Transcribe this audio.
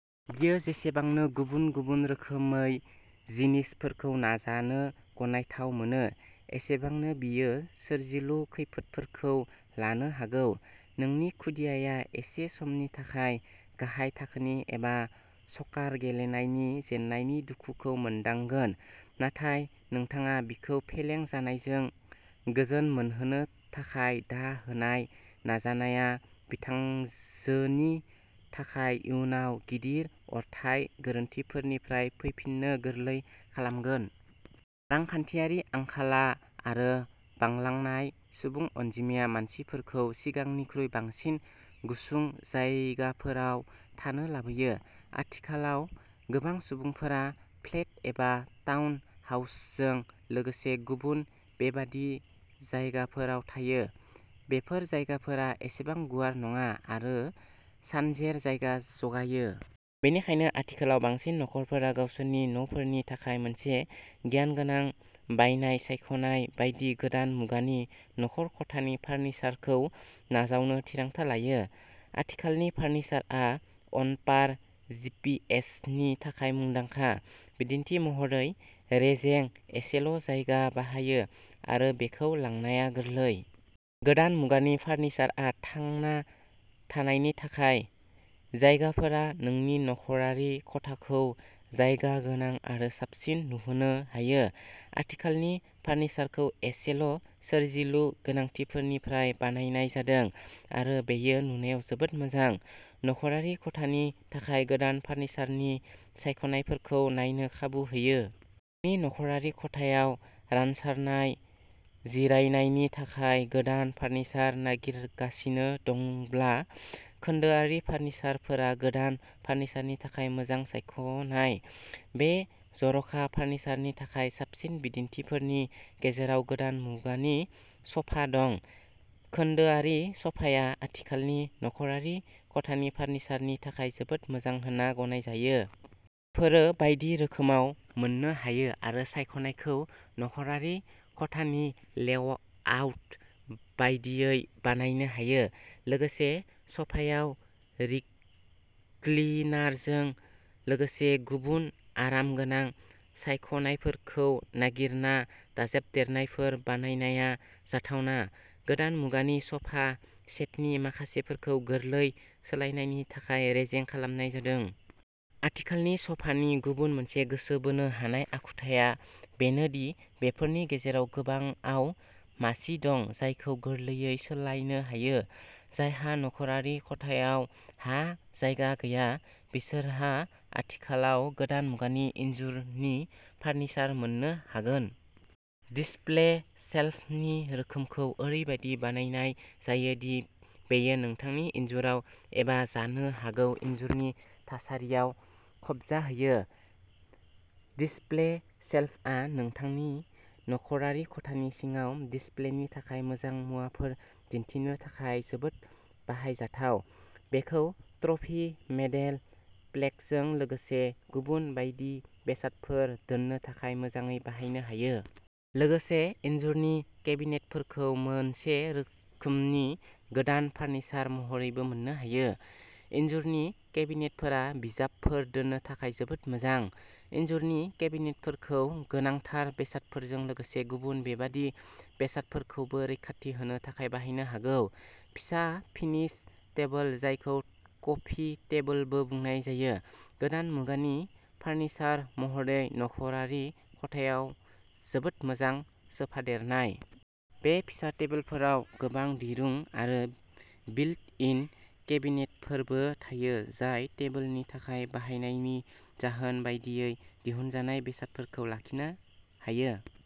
बियो जेसेबांनो गुबुन-गुबुन रोखोमै जिनिसफोरखौ नाजानो गनायथाव मोनो, एसेबांनो बियो सोरजिलु खैफोदफोरखौ लानो हागौ। नोंनि खुदियाया एसे समनि थाखाय गाहाय थाखोनि एबा सकार गेलेनायनि जेननायनि दुखुखौ मोनदांगोन, नाथाय नोंथाङा बिखौ फेलें जानायजों गोजोन मोनहोनो थाखाय दा होनाय नाजानाया बिथांजोनि थाखाय इयुनाव गिदिर अरथाय गोरोन्थिफोरनिफ्राय फैफिननो गोरलै खालामगोन। रांखान्थियारि आंखाला आरो बांलांनाय सुबुं अनजिमाया मानसिफोरखौ सिगांनिख्रुइ बांसिन गुसुं जायगाफोराव थानो लाबोयो। आथिखालाव गोबां सुबुंफोरा फ्लेट एबा टाउन हाउसजों लोगोसे गुबुन बेबादि जायगाफोराव थायो। बेफोर जायगाफोरा एसेबां गुवार नङा आरो सानजेर जायगा जगायो। बेनिखायनो आथिखालाव बांसिन नखरफोरा गावसोरनि नफोरनि थाखाय मोनसे गियानगोनां बायनाय सायख'नाय बायदि गोदान मुगानि नखर खथानि फार्निचारखौ नाजावनो थिरांथा लायो। आथिखालनि फार्निचारआ अनपार जिपिएसनि थाखाय मुंदांखा, बिदिन्थि महरै रेजें, एसेल' जायगा बाहायो आरो बेखौ लांनाया गोरलै। गोदान मुगानि फार्निचारआ थांना थानायनि थाखाय। जायगाफोरा नोंनि नखरारि खथाखौ जायगा गोनां आरो साबसिन नुहोनो हायो। आथिखालनि फार्निचारखौ एसेल' सोरजिलु गोनांथिफोरनिफ्राय बानायनाय जादों आरो बेयो नुनायाव जोबोद मोजां। नखरारि खथानि थाखाय गोदान फार्निचारनि सायख'नायफोरखौ नायनो खाबु होयो। नों नखरारि खथायाव रानसारनाय जिरायनायनि थाखाय गोदान फार्निचार नागिरगासिनो दंब्ला खोन्दोआरि फार्निचारफोरा गोदान फार्निचारनि थाखाय मोजां सायख'नाय। बे जर'खा फार्निचारनि थाखाय साबसिन बिदिन्थिफोरनि गेजेराव गोदान मुगानि सफा दं। खोन्दोआरि सफाया आथिखालनि नखरारि खथानि फार्निचारनि थाखाय जोबोद मोजां होनना गनायजायो। बेफोरो बायदि रोखोमाव मोननो हायो आरो सायख'नायखौ नखरारि खथानि लेआउट बायदियै बानायनो हायो। लोगोसे सफायाव रिक्लिनारजों लोगोसे गुबुन आरामगोनां सायख'नायफोरखौ नागिरना दाजाबदेरनायफोर बानायनाया जाथावना। गोदान मुगानि सफा सेटनि माखासेखौ गोरलै सोलायनायनि थाखाय रेजें खालामनाय जादों। आथिखालनि सफानि गुबुन मोनसे गोसो बोनो हानाय आखुथाया बेनो दि बेफोरनि गेजेराव गोबांआव मासि दं जायखौ गोरलैयै सोलायनो हायो। जायहा नख'रारि खथायाव हा जायगा गैया, बिसोरहा आथिखालाव गोदान मुगानि इनजुरनि फार्निचार मोननो हागोन। डिसप्ले शेल्फनि रोखोमखौ ओरैबायदि बानायनाय जायो दि बेयो नोंथांनि इनजुराव एबा जानो हागौ इनजुरनि थासारियाव खाबजाहोयो। डिसप्ले शेल्फआ नोंथांनि नख'रारि खथानि सिङाव डिसप्लेनि थाखाय मोजां मुवाफोर दिन्थिनो थाखाय जोबोद बाहायजाथाव। बेखौ ट्रफी, मेडेल, प्लेकजों लोगोसे गुबुन बायदि बेसादफोर दोननो थाखाय मोजाङै बाहायनो हायो। लोगोसे इनजुरनि केबिनेटफोरखौ मोनसे रोखोमनि गोदान फार्निचार महरैबो मोननो हायो। इनजुरनि केबिनेटफोरा बिजाबफोर दोननो थाखाय जोबोद मोजां। इनजुरनि केबिनेटफोरखौ गोनांथार बेसादफोरजों लोगोसे गुबुन बेबादि बेसादफोरखौबो रैखाथि होनो थाखाय बाहायनो हागौ। फिसा फिनिश टेबल जायखौ कफि टेबलबो बुंनाय जायो, गोदान मुगानि फार्निचार महरै नखरारि खथायाव जोबोद मोजां सोफादेरनाय। बे फिसा टेबोलफोराव गोबां दिरुं आरो बिल्ट-इन केबिनेटफोरबो थायो, जाय टेबोलनि थाखाय बाहायनायनि जाहोन बायदियै दिहुनजानाय बेसादफोरखौ लाखिनो हायो।